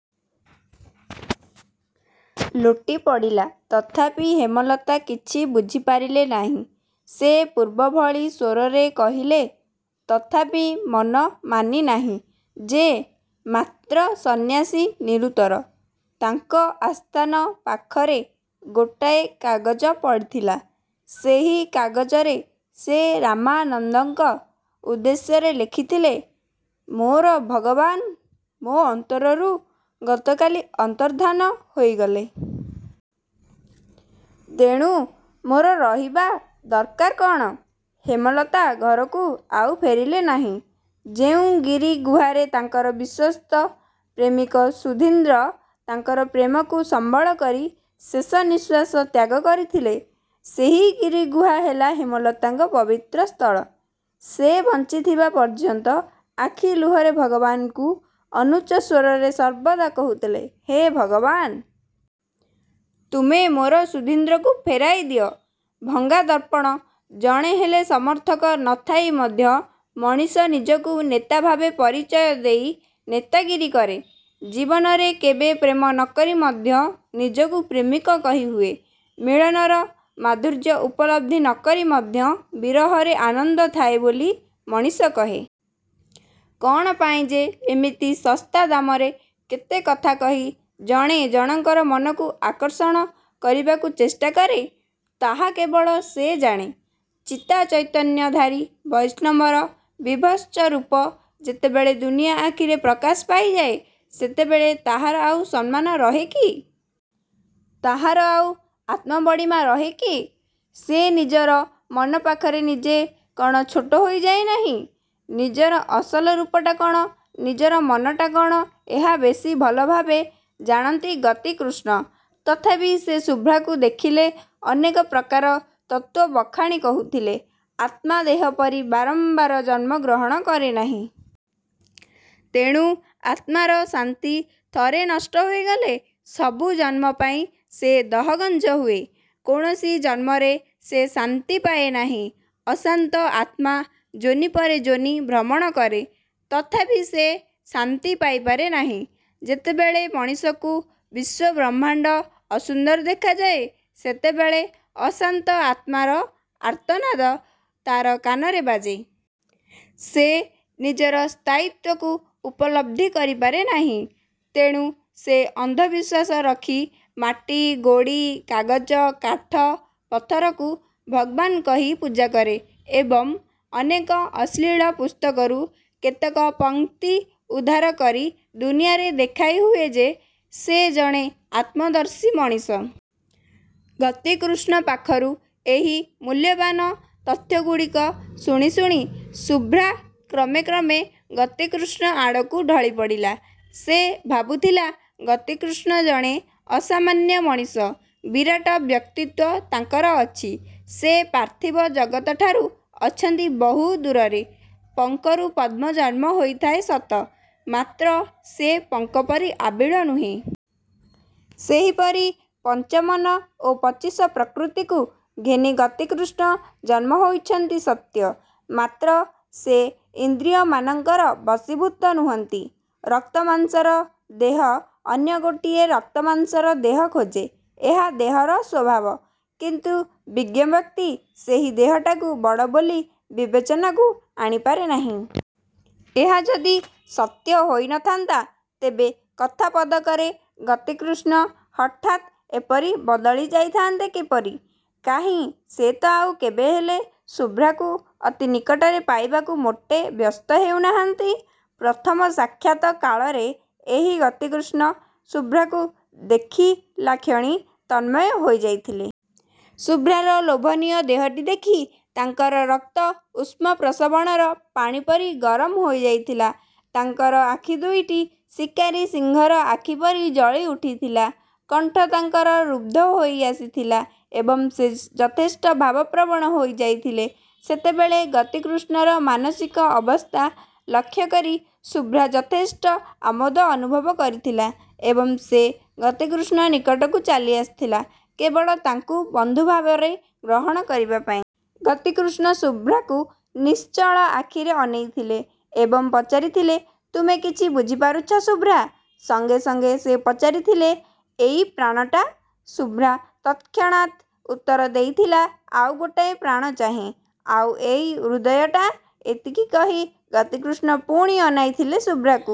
ଲୋଟିପଡ଼ିଲା। ତଥାପି ହେମଲତା କିଛି ବୁଝିପାରିଲେ ନାହିଁ। ସେ ପୂର୍ବ ଭଳି ସ୍ୱରରେ କହିଲେ ''ତଥାପି ମନ ମାନି ନାହିଁ ଯେ '' ମାତ୍ର ସନ୍ୟାସୀ ନିରୁତ୍ତର। ତାଙ୍କ ଆସ୍ଥାନ ପାଖରେ ଗୋଟାଏ କାଗଜ ପଡ଼ିଥିଲା। ସେହି କାଗଜରେ ସେ ରାମାନନ୍ଦଙ୍କ ଉଦ୍ଦେଶ୍ୟରେ ଲେଖିଥିଲେ ''ମୋର ଭଗବାନ ମୋ ଅନ୍ତରରୁ ଗତକାଲି ଅନ୍ତର୍ଦ୍ଧାନ ହୋଇଗଲେ। ତେଣୁ ମୋର ରହିବା ଦରକାର କ'ଣ? '' ହେମଲତା ଘରକୁ ଆଉ ଫେରିଲେ ନାହିଁ। ଯେଉଁ ଗିରି ଗୁହାରେ ତାଙ୍କର ବିଶ୍ୱସ୍ତ ପ୍ରେମିକ ସୁଧୀନ୍ଦ୍ର ତାଙ୍କର ପ୍ରେମକୁ ସମ୍ବଳକରି ଶେଷନିଃଶ୍ୱାସ ତ୍ୟାଗ କରିଥିଲେ ସେହି ଗିରିଗୁହା ହେଲା ହେମଲତାଙ୍କ ପବିତ୍ର ସ୍ଥଳ। ସେ ବଞ୍ଚିଥିବା ପର୍ଯ୍ୟନ୍ତ ଆଖି ଲୁହରେ ଭଗବାନଙ୍କୁ ଅନୁଚ୍ଚସ୍ୱରରେ ସର୍ବଦା କହୁଥିଲେ, ''ହେ ଭଗବାନ! ତୁମେ ମୋର ସୁଧୀନ୍ଦ୍ରକୁ ଫେରାଇଦିଅ। '' ଭଙ୍ଗା ଦର୍ପଣ ଜଣେ ହେଲେ ସମର୍ଥକ ନ ଥାଇ ମଧ୍ୟ ମଣିଷ ନିଜକୁ ନେତାଭାବେ ପରିଚୟ ଦେଇ ନେତାଗିରୀ କରେ। ଜୀବନରେ କେବେ ପ୍ରେମ ନ କରି ମଧ୍ୟ ନିଜକୁ ପ୍ରେମିକ କହିହୁଏ। ମିଳନର ମାଧୁର୍ଯ୍ୟ ଉପଲବ୍ଧି ନ କରି ମଧ୍ୟ ବିରହରେ ଆନନ୍ଦ ଥାଏ ବୋଲି ମଣିଷ କହେ। କ'ଣ ପାଇଁ ଯେ ଏମିତି ଶସ୍ତା ଦାମରେ କେତେ କଥା କହି ଜଣେ ଜଣଙ୍କର ମନକୁ ଆକର୍ଷଣ କରିବାକୁ ଚେଷ୍ଟାକରେ ତାହା କେବଳ ସେ ଜାଣେ। ଚିତାଚୈତନ୍ୟଧାରୀ ବୈଷ୍ଣବର ବିଭତ୍ସରୂପ ଯେତେବେଳେ ଦୁନିଆ ଆଖିରେ ପ୍ରକାଶ ପାଇଯାଏ, ସେତେବେଳେ ତାହାର ଆଉ ସମ୍ମାନ ରହେ କି? ତାହାର ଆଉ ଆତ୍ମବଡ଼ିମା ରହେ କି-? ସେ ନିଜର ମନ ପାଖରେ ନିଜେ କ'ଣ ଛୋଟ ହୋଇଯାଏ ନାହିଁ? ନିଜର ଅସଲ ରୂପଟା କ'ଣ, ନିଜର ମନଟା କ'ଣ, ଏହା ବେଶି ଭଲଭାବେ ଜାଣନ୍ତି ଗତିକୃଷ୍ଣ। ତଥାପି ସେ ଶୁଭ୍ରାକୁ ଦେଖିଲେ ଅନେକ ପ୍ରକାର ତତ୍ତ୍ଵ ବଖାଣି କହୁଥିଲେ, ''ଆତ୍ମା ଦେହପରି ବାରମ୍ବାର ଜନ୍ମଗ୍ରହଣ କରେନାହିଁ। ତେଣୁ ଆତ୍ମାର ଶାନ୍ତି ଥରେ ନଷ୍ଟ ହୋଇଗଲେ ସବୁ ଜନ୍ମପାଇଁ ସେ ଦହଗଞ୍ଜ ହୁଏ। କୌଣସି ଜନ୍ମରେ ସେ ଶାନ୍ତି ପାଏ ନାହିଁ। ଅଶାନ୍ତ ଆତ୍ମା ଯୋନି ପରେ ଯୋନି ଭ୍ରମଣ କରେ। ତଥାପି ସେ ଶାନ୍ତି ପାଇପାରେ ନାହିଁ। ଯେତେବେଳେ ମଣିଷକୁ ବିଶ୍ୱବ୍ରହ୍ମାଣ୍ଡ ଅସୁନ୍ଦର ଦେଖାଯାଏ, ସେତେବେଳେ ଅଶାନ୍ତ ଆତ୍ମାର ଆର୍ତ୍ତନାଦ ତା'ର କାନରେ ବାଜେ। ସେ ନିଜର ସ୍ଥାୟିତ୍ୱକୁ ଉପଲବ୍ଧି କରିପାରେ ନାହିଁ। ତେଣୁ ସେ ଅନ୍ଧବିଶ୍ୱାସ ରଖି ମାଟି, ଗୋଡ଼ି, କାଗଜ, କାଠ, ପଥରକୁ ଭଗବାନ କହି ପୂଜାକରେ ଏବଂ ଅନେକ ଅଶ୍ଳୀଳ ପୁସ୍ତକରୁ କେତେକ ପଂକ୍ତି ଉଦ୍ଧାର କରି ଦୁନିଆରେ ଦେଖାଇହୁଏ ଯେ ସେ ଜଣେ ଆତ୍ମଦର୍ଶୀ ମଣିଷ। '' ଗତିକୃଷ୍ଣ ପାଖରୁ ଏହି ମୂଲ୍ୟବାନ ତଥ୍ୟଗୁଡ଼ିକ ଶୁଣି ଶୁଣି ଶୁଭ୍ରା କ୍ରମେ କ୍ରମେ ଗତିକୃଷ୍ଣ ଆଡ଼କୁ ଢଳିପଡ଼ିଲା। ସେ ଭାବୁଥିଲା, 'ଗତିକୃଷ୍ଣ ଜଣେ ଅସାମାନ୍ୟ ମଣିଷ, ବିରାଟ ବ୍ୟକ୍ତିତ୍ଵ ତାଙ୍କର ଅଛି। ସେ ପାର୍ଥିବ ଜଗତଠାରୁ ଅଛନ୍ତି ବହୁ ଦୂରରେ। ପଙ୍କରୁ ପଦ୍ମ ଜନ୍ମହୋଇଥାଏ ସତ, ମାତ୍ର ସେ ପଙ୍କପରି ଆବିଳ ନୁହେଁ। ସେହିପରି ପଞ୍ଚମନ ଓ ପଚିଶ ପ୍ରକୃତିକୁ ଘେନି ଗତିକୃଷ୍ଣ ଜନ୍ମ ହୋଇଛନ୍ତି ସତ୍ୟ; ମାତ୍ର ସେ ଇନ୍ଦ୍ରିୟମାନଙ୍କର ବଶୀଭୂତ ନୁହନ୍ତି। ରକ୍ତମାଂସର ଦେହ ଅନ୍ୟ ଗୋଟିଏ ରକ୍ତମାଂସର ଦେହ ଖୋଜେ, ଏହା ଦେହର ସ୍ୱଭାବ। କିନ୍ତୁ ବିଜ୍ଞବ୍ୟକ୍ତି ସେହି ଦେହଟାକୁ ବଡ଼ ବୋଲି ବିବେଚନାକୁ ଆଣିପାରେ ନାହିଁ। ଏହା ଯଦି ସତ୍ୟ ହୋଇନଥାନ୍ତା, ତେବେ କଥା ପଦକରେ ଗତିକୃଷ୍ଣ ହଠାତ୍ ଏପରି ବଦଳି ଯାଇଥାନ୍ତେ କିପରି? କାହିଁ ସେ ତ ଆଉ କେବେହେଲେ ଶୁଭ୍ରାକୁ ଅତି ନିକଟରେ ପାଇବାକୁ ମୋଟେ ବ୍ୟସ୍ତ ହେଉନାହାନ୍ତି? ' ପ୍ରଥମ ସାକ୍ଷାତ କାଳରେ ଏହି ଗତିକୃଷ୍ଣ ଶୁଭ୍ରାକୁ ଦେଖିଲାକ୍ଷଣି ତନ୍ମୟ ହୋଇଯାଇଥିଲେ। ଶୁଭ୍ରାର ଲୋଭନୀୟ ଦେହଟି ଦେଖି ତାଙ୍କର ରକ୍ତ ଉଷ୍ମପ୍ରସ୍ରବଣର ପାଣିପରି ଗରମ ହୋଇଯାଇଥିଲା। ତାଙ୍କର ଆଖି ଦୁଇଟି ଶିକାରୀ ସିଂହର ଆଖିପରି ଜଳିଉଠିଥିଲା। କଣ୍ଠ ତାଙ୍କର ରୁଦ୍ଧ ହୋଇଆସିଥିଲା ଏବଂ ସେ ଯଥେଷ୍ଟ ଭାବପ୍ରବଣ ହୋଇଯାଇଥିଲେ। ସେତେବେଳେ ଗତିକୃଷ୍ଣର ମାନସିକ ଅବସ୍ଥା ଲକ୍ଷ୍ୟକରି ଶୁଭ୍ରା ଯଥେଷ୍ଟ ଆମୋଦ ଅନୁଭବ କରିଥିଲା ଏବଂ ସେ ଗତିକୃଷ୍ଣ ନିକଟକୁ ଚାଲିଆସିଥିଲା କେବଳ ତାଙ୍କୁ ବନ୍ଧୁଭାବରେ ଗ୍ରହଣ କରିବା ପାଇଁ। ଗତିକୃଷ୍ଣ ଶୁଭ୍ରାକୁ ନିଶ୍ଚଳ ଆଖିରେ ଅନେଇଥିଲେ ଏବଂ ପଚାରିଥିଲେ ''ତୁମେ କିଛି ବୁଝିପାରୁଛ ଶୁଭ୍ରା? '' ସଙ୍ଗେ ସଙ୍ଗେ ସେ ପଚାରିଥିଲେ, ''ଏଇ ପ୍ରାଣଟା? '' ଶୁଭ୍ରା ତତ୍କ୍ଷଣାତ ଉତ୍ତର ଦେଇଥିଲା, ''ଆଉ ଗୋଟାଏ ପ୍ରାଣ ଚାହେଁ। '' ''ଆଉ ଏଇ ହୃଦୟଟା? '' ଏତିକି କହି ଗତିକୃଷ୍ଣ ପୁଣି ଅନାଇଥିଲେ ଶୁଭ୍ରାକୁ।